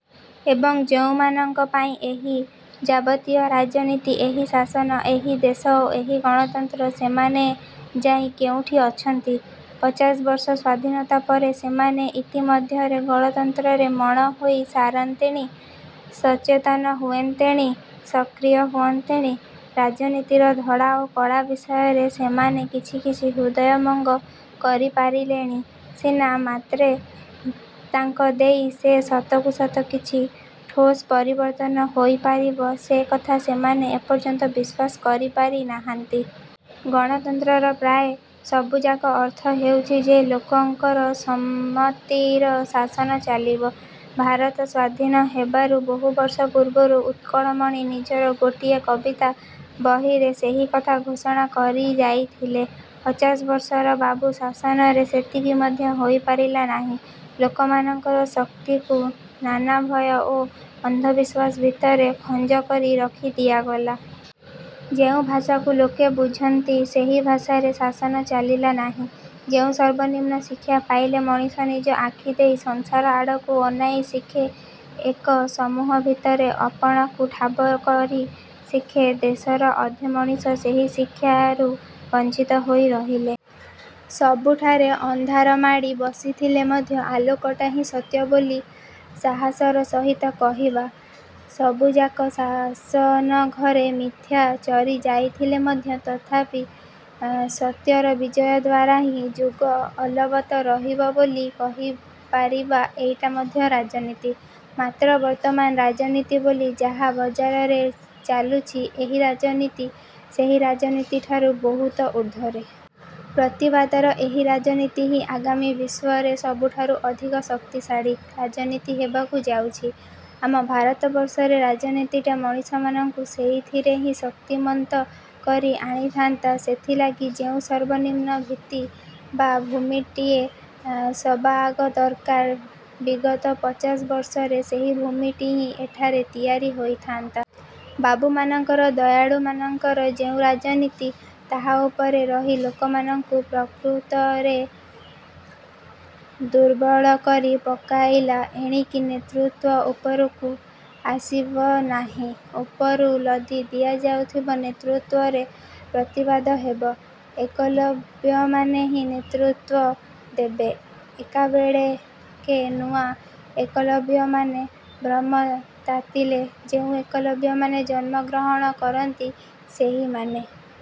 ଏବଂ ଯେଉଁମାନଙ୍କ ପାଇଁ ଏହି ଯାବତୀୟ ରାଜନୀତି, ଏହି ଶାସନ, ଏହି ଦେଶ ଓ ଏହି ଗଣତନ୍ତ୍ର, ସେମାନେ ଯାଇ କେଉଁଠି ଅଛନ୍ତି? ପଚାଶ ବର୍ଷ ସ୍ୱାଧୀନତା ପରେ ସେମାନେ ଇତିମଧ୍ୟରେ ଗଣତନ୍ତ୍ରରେ ମଣ ହୋଇ ସାରନ୍ତେଣି, ସଚେତନ ହୁଅନ୍ତେଣି, ସକ୍ରିୟ ହୁଅନ୍ତେଣି। ରାଜନୀତିର ଧଳା ଓ କଳା ବିଷୟରେ ସେମାନେ କିଛି କିଛି ହୃଦୟମଙ୍ଗ କରିପାରିଲେଣି ସିନା, ମାତ୍ରେ ତାଙ୍କ ଦେଇ ଯେ ସତକୁ ସତ କିଛି ଠୋସ୍ ପରିବର୍ତ୍ତନ ହୋଇପାରିବ ସେ କଥା ସେମାନେ ଏପର୍ଯ୍ୟନ୍ତ ବିଶ୍ୱାସ କରିପାରି ନାହାନ୍ତି। ଗଣତନ୍ତ୍ରର ପ୍ରାୟ ସବୁଯାକ ଅର୍ଥ ହେଉଛି ଯେ ଲୋକଙ୍କର ସମ୍ମତିର ଶାସନ ଚାଲିବ। ଭାରତ ସ୍ୱାଧୀନ ହେବାରୁ ବହୁ ବର୍ଷ ପୂର୍ବରୁ ଉତ୍କଳମଣି ନିଜର ଗୋଟିଏ କବିତା ବହିରେ ସେହିକଥା ଘୋଷଣା କରିଯାଇଥିଲେ। ପଚାଶବର୍ଷର ବାବୁ ଶାସନରେ ସେତିକି ମଧ୍ୟ ହୋଇପାରିଲା ନାହିଁ। ଲୋକମାନଙ୍କର ଶକ୍ତିକୁ ନାନା ଭୟ ଓ ଅନ୍ଧବିଶ୍ୱାସ ଭିତରେ ଖଞ୍ଜ କରି ରଖି ଦିଆଗଲା। ଯେଉଁ ଭାଷାକୁ ଲୋକେ ବୁଝନ୍ତି ସେହି ଭାଷାରେ ଶାସନ ଚାଲିଲା ନାହିଁ। ଯେଉଁ ସର୍ବନିମ୍ନ ଶିକ୍ଷା ପାଇଲେ ମଣିଷ ନିଜ ଆଖି ଦେଇ ସଂସାର ଆଡ଼କୁ ଅନାଇ ଶିଖେ ଏକ ସମୂହ ଭିତରେ ଅପଣକୁ ଠାବ କରି ଶିଖେ, ଦେଶର ଅଧେ ମଣିଷ ସେହି ଶିକ୍ଷାରୁ ବଞ୍ଚିତ ହୋଇ ରହିଲେ। ସବୁଠାରେ ଅନ୍ଧାର ମାଡ଼ି ବସିଥିଲେ ମଧ୍ୟ ଆଲୋକଟା ହିଁ ସତ୍ୟ ବୋଲି ସାହସର ସହିତ କହିବା, ସବୁଯାକ ଶାସନଘରେ ମିଥ୍ୟା ଚରି ଯାଇଥିଲେ ମଧ୍ୟ ତଥାପି ଅଁ ସତ୍ୟର ବିଜୟ ଦ୍ଵାରା ହିଁ ଯୁଗ ଅଲବତ ରହିବ ବୋଲି କହିପାରିବା ଏଇଟା ମଧ୍ୟ ରାଜନୀତି। ମାତ୍ର ବର୍ତ୍ତମାନ ରାଜନୀତି ବୋଲି ଯାହା ବଜାରରେ ଚାଲୁଛି, ଏହି ରାଜନୀତି ସେହି ରାଜନୀତି ଠାରୁ ବହୁତ ଉର୍ଦ୍ଧ୍ୱରେ। ପ୍ରତିବାଦର ଏହି ରାଜନୀତି ହିଁ ଆଗାମୀ ବିଶ୍ୱରେ ସବୁଠାରୁ ଅଧିକ ଶକ୍ତିଶାଳୀ ରାଜନୀତି ହେବାକୁ ଯାଉଛି। ଆମ ଭାରତବର୍ଷରେ ରାଜନୀତିଟା ମଣିଷମାନଙ୍କୁ ସେଇଥିରେ ହିଁ ଶକ୍ତିମନ୍ତ କରି ଆଣିଥାନ୍ତା। ସେଥିଲାଗି ଯେଉଁ ସର୍ବନିମ୍ନ ଭିତ୍ତି ବା ଭୂମିଟିଏ ଏଁ ସବାଆଗ ଦରକାର, ବିଗତ ପଚାଶ ବର୍ଷରେ ସେହି ଭୂମିଟି ହିଁ ଏଠାରେ ତିଆରି ହୋଇଥାଆନ୍ତା। ବାବୁମାନଙ୍କର, ଦୟାଳୁମାନଙ୍କର ଯେଉଁ ରାଜନୀତି, ତାହା ଉପରେ ରହି ଲୋକମାନଙ୍କୁ ପ୍ରକୃତରେ ଦୁର୍ବଳକରି ପକାଇଲା। ଏଣିକି ନେତୃତ୍ୱ ଉପରୁକୁ ଆସିବ ନାହିଁ, ଉପରୁ ଲଦି ଦିଆଯାଉଥିବା ନେତୃତ୍ୱରେ ପ୍ରତିବାଦ ହେବ। ଏକଲବ୍ୟମାନେ ହିଁ ନେତୃତ୍ଵ ଦେବେ। ଏକାବେଳେକେ ନୂଆ ଏକଲବ୍ୟମାନେ, ବ୍ରହ୍ମ ତାତିଲେ ଯେଉଁ ଏକଲବ୍ୟମାନେ ଜନ୍ମଗ୍ରହଣ କରନ୍ତି ସେହିମାନେ।